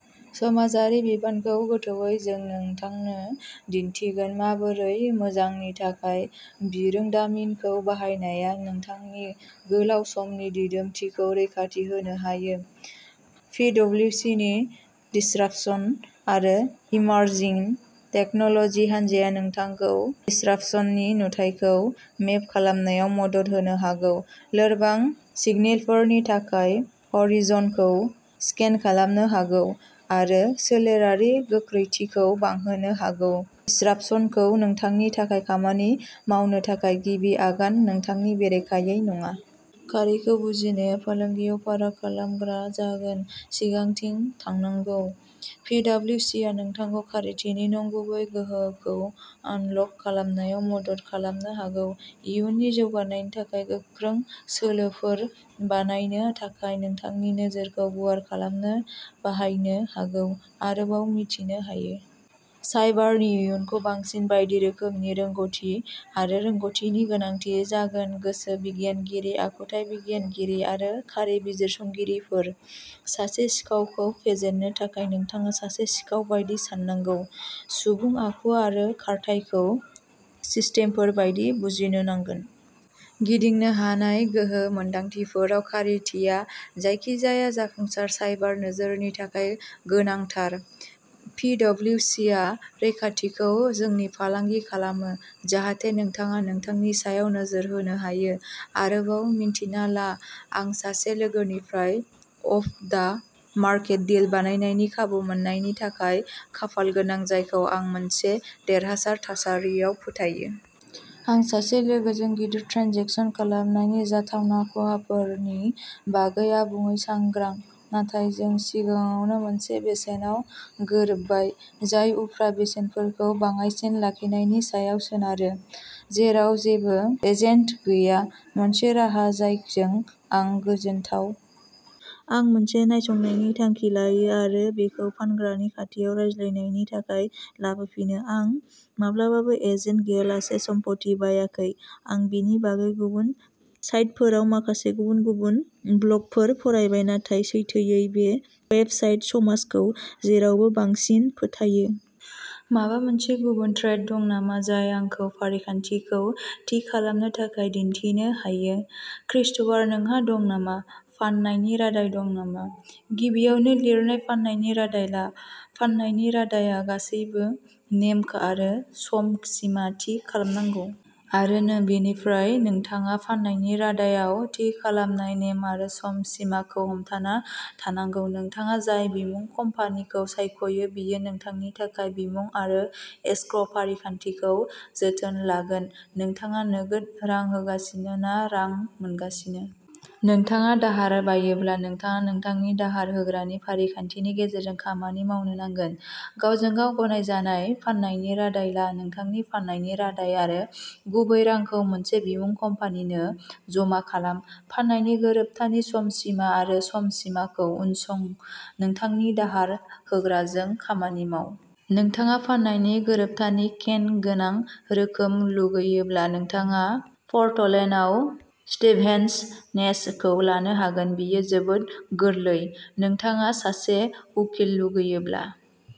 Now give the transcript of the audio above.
समाजआरि बिबानखौ गोथौवै जों नोंथांनो दिन्थिगोन माबोरै मोजांनि थाखाय बिरोंदामिनखौ बाहायनाया नोंथांनि गोलाव समनि दिदोमथिखौ रैखाथि होनो हायो। पिडब्लिउसिनि दिसरापसन आरो इमारजिं टेक्न'ल'जि हान्जाया नोंथांखौ दिसरापसननि नुथायखौ मेप खालामनायाव मदद होनो हागौ, लोरबां सिगनेलफोरनि थाखाय ह'रिज'नखौ स्केन खालामनो हागौ आरो सोलोआरि गोख्रैथिखौ बांहोनो हागौ दिसरापसनखौ नोंथांनि थाखाय खामानि मावनो थाखाय गिबि आगान, नोंथांनि बेरेखायै नङा। खारिखौ बुजिनाया फालांगियाव फाराग खालामग्रा जागोन, सिगांथिं थांनांगौ। पिडब्लिउसिआ नोंथांखौ खारिथिनि नंगुबै गोहोखौ आनलक खालामनायाव मदद खालामनो हागौ आरो इयुननि जौगानायनि थाखाय गोख्रों सोलोफोर बानायनो थाखाय नोंथांनि नोजोरखौ गुवार खालामनो बाहायनो हागौ। आरोबाव मिथिनो हायो। साइबारनि इयुनखौ बांसिन बायदि रोखोमनि रोंग'थि आरो रोंग'थिनि गोनांथि जागोन गोसो बिगियानगिरि, आखुथाय बिगियानगिरि आरो खारि बिजिरसंगिरिफोर। सासे सिखावखौ फेजेननो थाखाय, नोंथाङा सासे सिखाव बायदि साननांगौ सुबुं, आखु आरो खारथाइखौ सिस्टेमफोर बायदि बुजिनो नांगोन। गिदिंनो हानाय गोहो। मोनदांथिफोराव खारिथिया जायखिजाया जाफुंसार साइबार नोजोरनि थाखाय गोनांथार। पिडब्लिउसिआ रैखाथिखौ जोंनि फालांगि खालामो, जाहाथे नोंथाङा नोंथांनि सायाव नोजोर होनो हायो। आरोबाव मिन्थिना ला। आं सासे लोगोनिफ्राय अफ दा मार्केट डिल बायनायनि खाबु मोन्नायनि थाखाय खाफाल गोनां, जायखौ आं मोनसे देरहासार थासारियाव फोथायो। आं सासे लोगोजों गिदिर ट्रेन्जेकसन खालामनायनि जाथावना खहाफोरनि बागै आबुङै सांग्रां, नाथाय जों सिगाङावनो मोनसे बेसेनाव गोरोबबाय, जाय उफ्रा बेसेनफोरखौ बाङाइसिन लाखिनायनि सायाव सोनारो, जेराव जेबो एजेन्ट गैया, मोनसे राहा जायजों आं गोजोनथाव। आं मोनसे नायसंनायनि थांखि लायो आरो बेखौ फानग्रानि खाथियाव रायज्लायनायनि थाखाय लाबोफिनो। आं माब्लाबाबो एजेन्ट गैयालासे सम्पथि बायाखै। आं बेनि बागै गुबुन साइटफोराव माखासे गुबुन गुबुन ब्लगफोर फरायबाय, नाथाय, सैथोयै बे वेबसाइट समाजखौ जेरावबो बांसिन फोथायो। माबा मोनसे गुबुन थ्रेड दं नामा, जाय आंखौ फारिखान्थिखौ थि खालामनो थाखाय दिन्थिनो हायो? क्रिस्ट'फार, नोंहा दं नामा? फान्नायनि रादाय दं नामा? गिबियावनो लिरना फान्नायनि रादाय ला। फान्नायनि रादाय आ गासैबो नेम आरो सम सिमा थि खालामनांगौ। आरो बेनिफ्राय नोंथाङा फान्नायनि रादाय आव थि खालामनाय नेम आरो सम सिमा खौ हमथाना थानांगौ। नोंथाङा जाय बिमुं कम्पानि खौ सायख'यो, बेयो नोंथांनि थाखाय बिमुं आरो एस्क्रो फारिखान्थिखौ जोथोन लागोन। नोंथाङा नोगोद रां होगासिनो ना रां मोनगासिनो? नोंथाङा दाहार बायोब्ला नोंथाङा नोंथांनि दाहार होग्रानि फारिखान्थिनि गेजेरजों खामानि मावनो नांगोन। गावजों गाव गनायजानाय फान्नायनि रादाय ला, नोंथांनि फान्नायनि रादाय आरो गुबै रांखौ मोनसे बिमुं कम्पानि नो जमा खालाम, फान्नायनि गोरोबथानि सम सिमा आरो सम सिमा खौ उनसं, नोंथांनि दाहार होग्राजों खामानि माव। नोंथाङा फान्नायनि गोरोबथानि केन गोनां रोखोम लुगैयोब्ला नोंथाङा पर्टलेन्ड आव स्टिभेन्स नेस खौ लानो हागोन। बेयो जोबोद गोरलै। नोंथाङा सासे उखिल लुगैयोब्ला।